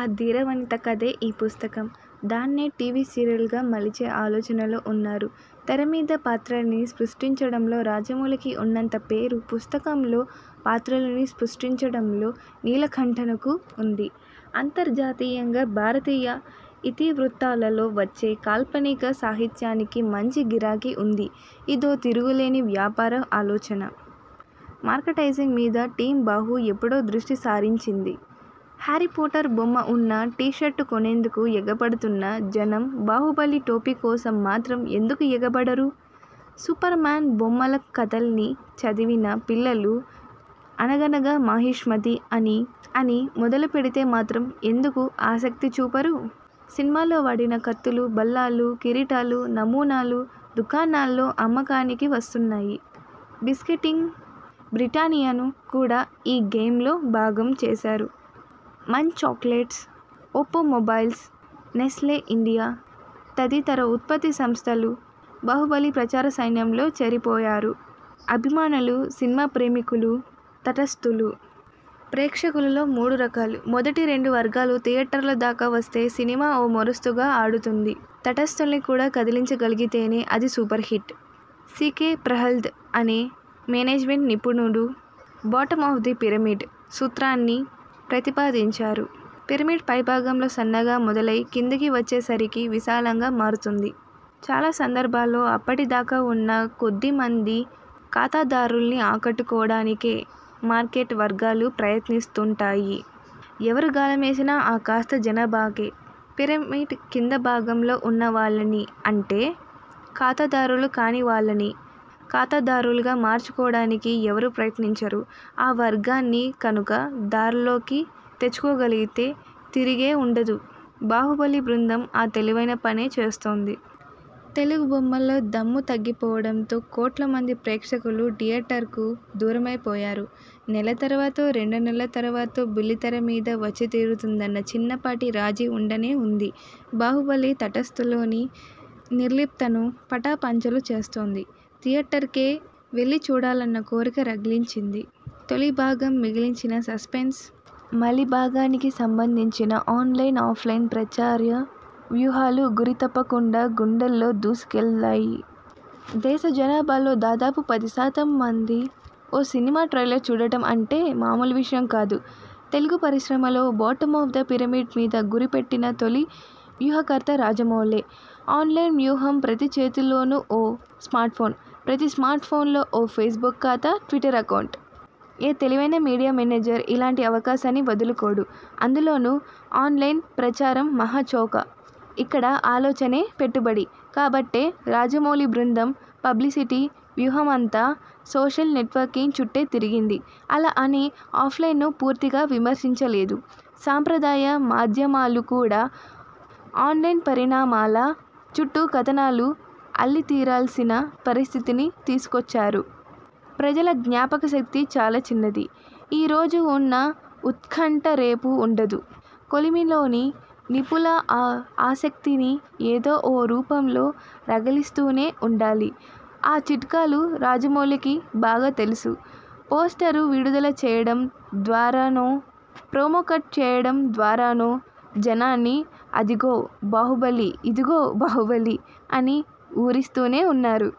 ఆ ధీరవనిత కథే ఈ పుస్తకం. దాన్నే టీవీ సీరియల్గా మలిచే ఆలోచనలో ఉన్నారు. తెరమీద పాత్రల్ని సృష్టించడంలో రాజమౌళికి ఉన్నంత పేరే, పుస్తకంలో పాత్రల్ని సృష్టించడంలో నీలకంఠన్కు ఉంది. అంతర్జాతీయంగా భారతీయ ఇతివృత్తాలతో వచ్చే కాల్పనిక సాహిత్యానికి మంచి గిరాకీ ఉంది. ఇదో తిరుగులేని వ్యాపార ఆలోచన. 'మర్కెంటైజింగ్' మీదా 'టీమ్ బాహు' ఎప్పుడో దృష్టి సారించింది. హ్యారీపోటర్ బొమ్మ ఉన్న టీషర్ట్ను కొనేందుకు ఎగబడుతున్న జనం బాహుబలి టోపీ కోసం మాత్రం ఎందుకు ఎగబడరు? సూపర్మాన్ బొమ్మల కథల్ని చదివిన పిల్లలు, 'అనగనగా మాహిష్మతి ' అని మొదలుపెడితే మాత్రం ఎందుకు ఆసక్తిచూపరు? సినిమాలో వాడిన కత్తులూ, బల్లాలూ, కిరీటాల నమూనాలు దుకాణాల్లో అమ్మకానికి వస్తున్నాయి. 'బిస్కెట్కింగ్' బ్రిటానియాను కూడా ఈ గేమ్లో భాగం చేశారు. Munch chocolates, Oppo mobiles, Nestle India తదితర ఉత్పత్తి సంస్థలూ బాహుబలి ప్రచార సైన్యంలో చేరిపోయాయి. అభిమానులు. సినిమా ప్రేమికులు. తటస్థులు. ప్రేక్షకుల్లో మూడురకాలు. మొదటి రెండు వర్గాలూ థియేటర్ల దాకా వస్తే సినిమా ఓ మోస్తరుగా ఆడుతుంది. తటస్థుల్ని కూడా కదిలించగలిగితేనే, అది 'సూపర్హిట్'! సీకే ప్రహ్లాద్ అనే మేనేజ్మెంట్ నిపుణుడు 'బాటమ్ ఆఫ్ ద పిరమిడ్' సూత్రాన్ని ప్రతిపాదించారు. పిరమిడ్ పైభాగంలో సన్నగా మొదలై కిందికి వచ్చేసరికి విశాలంగా మారుతుంది. చాలా సందర్భాల్లో, అప్పటిదాకా ఉన్న కొద్దిమంది ఖాతాదారుల్ని ఆకట్టుకోడానికే మార్కెట్ వర్గాలు ప్రయత్నిస్తుంటాయి. ఎవరు గాలమేసినా ఆ కాస్త జనాభాకే. పిరమిడ్ కిందిభాగంలో ఉన్నవాళ్లని అంటే, ఖాతాదారులు కానివాళ్లని ఖాతాదారులుగా మార్చుకోడానికి ఎవరూ ప్రయత్నించరు. ఆ వర్గాన్ని కనుక దార్లోకి తెచ్చుకోగలిగితే తిరుగే ఉండదు. 'బాహుబలి' బృందం ఆ తెలివైన పనే చేస్తోంది. తెలుగు బొమ్మల్లో దమ్ము తగ్గిపోవడంతో కోట్ల మంది ప్రేక్షకులు థియేటర్కు దూరమైపోయారు. నెల తర్వాతో, రెండు నెలల తర్వాతో బుల్లితెర మీద వచ్చితీరుతుందన్న చిన్నపాటి రాజీ ఉండనే ఉంది. బాహుబలి తటస్థులలోని నిర్లిప్తతను పటాపంచలు చేస్తోంది. థియేటర్కే వెళ్లిచూడాలన్న కోరికను రగిలించింది. తొలిభాగం మిగిల్చిన సస్పెన్స్, మలిభాగానికి సంబంధించిన ఆన్లైన్, ఆఫ్లైన్ ప్రచార వ్యూహాలూ గురితప్పకుండా గుండెల్లో దూసుకెళ్లాయి. దేశజనాభాలో దాదాపు పదిశాతం మంది ఓ సినిమా ట్రైలర్ను చూడటం అంటే మామూలు విషయం కాదు. తెలుగు పరిశ్రమలో 'బాటమ్ ఆఫ్ ద పిరమిడ్' మీద గురిపెట్టిన తొలి వ్యూహకర్త రాజమౌళే. ఆన్లైన్ వ్యూహం ప్రతి చేతిలోనూ ఓ స్మార్ట్ఫోన్. ప్రతి స్మార్ట్ఫోన్లో ఓ ఫేస్బుక్ ఖాతా, ట్విటర్ అకౌంట్. ఏ తెలివైన మీడియా మేనేజర్ ఇలాంటి అవకాశాన్ని వదులుకోడు. అందులోనూ ఆన్లైన్ ప్రచారం మహాచౌక! ఇక్కడ ఆలోచనే పెట్టుబడి. కాబట్టే, రాజమౌళి బృందం పబ్లిసిటీ వ్యూహమంతా సోషల్ నెట్వర్కింగ్ చుట్టే తిరిగింది. అలా అని, ఆఫ్లైన్ను పూర్తిగా విస్మరించలేదు. సంప్రదాయ మాధ్యమాలు కూడా ఆన్లైన్ పరిణామాల చుట్టూ కథనాలు అల్లితీరాల్సిన పరిస్థితిని తీసుకొచ్చారు. ప్రజల జ్ఞాపకశక్తి చాలా చిన్నది. ఈరోజు ఉన్న ఉత్కంఠ రేపు ఉండదు. కొలిమిలోని నిప్పులా ఆ ఆసక్తిని ఏదో ఓ రూపంలో రగిలిస్తూనే ఉండాలి. ఆ చిట్కాలు రాజమౌళికి బాగా తెలుసు. పోస్టరు విడుదల చేయడం ద్వారానో, ప్రోమో కట్ చేయడం ద్వారానో జనాన్ని 'అదిగో బాహుబలి ఇదిగో బాహుబలి' అని ఊరిస్తూనే ఉన్నారు.